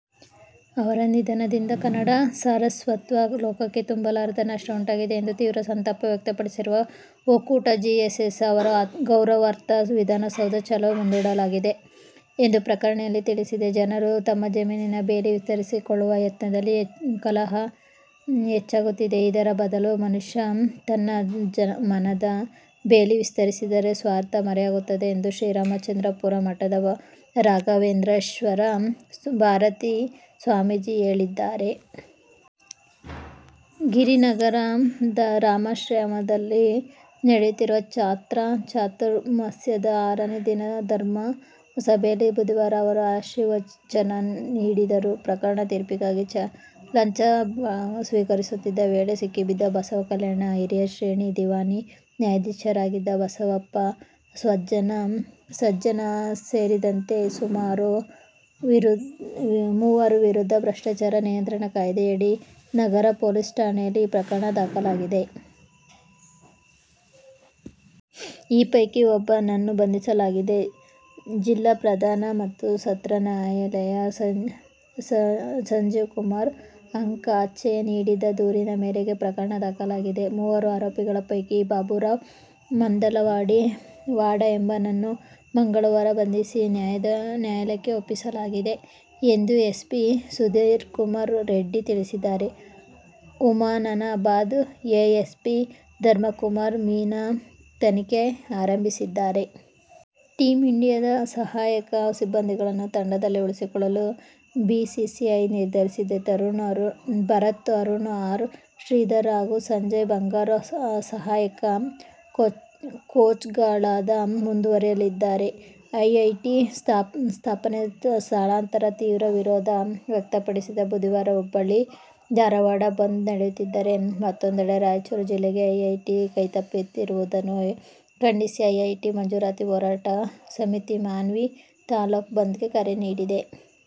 ಅವರ ನಿಧನದಿಂದ ಕನ್ನಡ ಸಾರಸ್ವತಾ ಲೋಕಕ್ಕೆ ತುಂಬಲಾರದ ನಷ್ಟ ಉಂಟಾಗಿದೆ ಎಂದು ತೀವ್ರ ಸಂತಾಪ ವ್ಯಕ್ತಪಡಿಸಿರುವ ಒಕ್ಕೂಟ, ಜಿಎಸ್ಎಸ್ ಅವರ ಗೌರವಾರ್ಥ ವಿಧಾನಸೌಧ ಚಲೋ ಮುಂದೂಡಲಾಗಿದೆ ಎಂದು ಪ್ರಕಟಣೆಯಲ್ಲಿ ತಿಳಿಸಿದೆ. ಜನರು ತಮ್ಮ ಜಮೀನಿನ ಬೇಲಿ ವಿಸ್ತರಿಸಿಕೊಳ್ಳುವ ಯತ್ನದಲ್ಲಿ ಕಲಹ ಹೆಚ್ಚಾಗುತ್ತಿದೆ. ಇದರ ಬದಲು ಮನುಷ್ಯ ತನ್ನ ಮನದ ಬೇಲಿ ವಿಸ್ತರಿಸಿದರೆ ಸ್ವಾರ್ಥ ಮರೆಯಾಗುತ್ತದೆ ಎಂದು ಶ್ರೀರಾಮಚಂದ್ರಾಪುರ ಮಠದ ರಾಘವೇಶ್ವರ ಭಾರತೀ ಸ್ವಾಮೀಜಿ ಹೇಳಿದ್ದಾರೆ. ಗಿರಿನಗರದ ರಾಮಾಶ್ರಮಯದಲ್ಲಿ ನಡೆಯುತ್ತಿರುವ ಛಾತ್ರ ಚಾತುರ್ಮಾಸ್ಯದ ಆರನೇ ದಿನದ ಧರ್ಮ ಸಭೆಯಲ್ಲಿ ಬುಧವಾರ ಅವರು ಆಶೀರ್ವಚನ ನೀಡಿದರು. ಪ್ರಕರಣದ ತೀರ್ಪಿಗಾಗಿ ಲಂಚ ಸ್ವೀಕರಿಸುತ್ತಿದ್ದ ವೇಳೆ ಸಿಕ್ಕಿಬಿದ್ದ ಬಸವಕಲ್ಯಾಣ ಹಿರಿಯ ಶ್ರೇಣಿ ದಿವಾಣಿ ನ್ಯಾಯಾಧೀಶರಾಗಿದ್ದ ಶರಣಪ್ಪ ಸಜ್ಜನ ಸೇರಿದಂತೆ ಮೂವರ ವಿರುದ್ಧ ಭ್ರಷ್ಟಾಚಾರ ನಿಯಂತ್ರಣ ಕಾಯ್ದೆಯಡಿ ನಗರ ಪೊಲೀಸ್ ಠಾಣೆಯಲ್ಲಿ ಪ್ರಕರಣ ದಾಖಲಾಗಿದೆ. ಈ ಪೈಕಿ ಒಬ್ಬನನ್ನು ಬಂಧಿಸಲಾಗಿದೆ. ಜಿಲ್ಲಾ ಪ್ರಧಾನ ಮತ್ತು ಸತ್ರ ನ್ಯಾ. ಸಂಜೀವಕುಮಾರ ಹಂಚಾಟೆ ನೀಡಿದ ದೂರಿನ ಮೇರೆಗೆ ಪ್ರಕರಣ ದಾಖಲಾಗಿದೆ. ಮೂವರು ಆರೋಪಿಗಳ ಪೈಕಿ ಬಾಬುರಾವ್ ಮದಲವಾಡ ಎಂಬಾತನನ್ನು ಮಂಗಳವಾರ ಬಂಧಿಸಿ ನ್ಯಾಯಾಲಯಕ್ಕೆ ಒಪ್ಪಿಸಲಾಗಿದೆ ಎಂದು ಎಸ್ಪಿ ಸುಧೀರಕುಮಾರ ರೆಡ್ಡಿ ತಿಳಿಸಿದ್ದಾರೆ. ಹುಮನಾಬಾದ ಎಎಸ್ಪಿ ಧಮೇಂದ್ರಕುಮಾರ ಮೀನಾ ತನಿಖೆ ಆರಂಭಿಸಿದ್ದಾರೆ. ಟೀಂ ಇಂಡಿಯಾದ ಸಹಾಯಕ ಸಿಬ್ಬಂದಿಗಳನ್ನು ತಂಡದಲ್ಲೇ ಉಳಿಸಿಕೊಳ್ಳಲು ಬಿಸಿಸಿಐ ನಿರ್ಧರಿಸಿದೆ. ಭರತ್ ಅರುಣ್, ಆರ್. ಶ್ರೀಧರ್ ಹಾಗೂ ಸಂಜಯ್ ಬಂಗಾರ್ ಸಹಾಯಕ ಕೋಚ್ಗಳಾಗಿ ಮುಂದುವರಿಯಲಿದ್ದಾರೆ. ಐಐಟಿ ಸ್ಥಾಪನೆ ಸ್ಥಳಾಂತರಕ್ಕೆ ತೀವ್ರ ವಿರೋಧ ವ್ಯಕ್ತಪಡಿಸಿ ಬುಧವಾರ ಹುಬ್ಬಳ್ಳಿ, ಧಾರವಾಡ ಬಂದ್ ನಡೆಯುತ್ತಿದ್ದರೆ, ಮತ್ತೊಂದೆಡೆ ರಾಯಚೂರು ಜಿಲ್ಲೆಗೆ ಐಐಟಿ ಕೈತಪ್ಪಿರುವುದನ್ನು ಖಂಡಿಸಿ ಐಐಟಿ ಮಂಜೂರಾತಿ ಹೋರಾಟ ಸಮಿತಿ ಮಾನ್ವಿ ತಾಲೂಕು ಬಂದ್ ಗೆ ಕರೆ ನೀಡಿದೆ.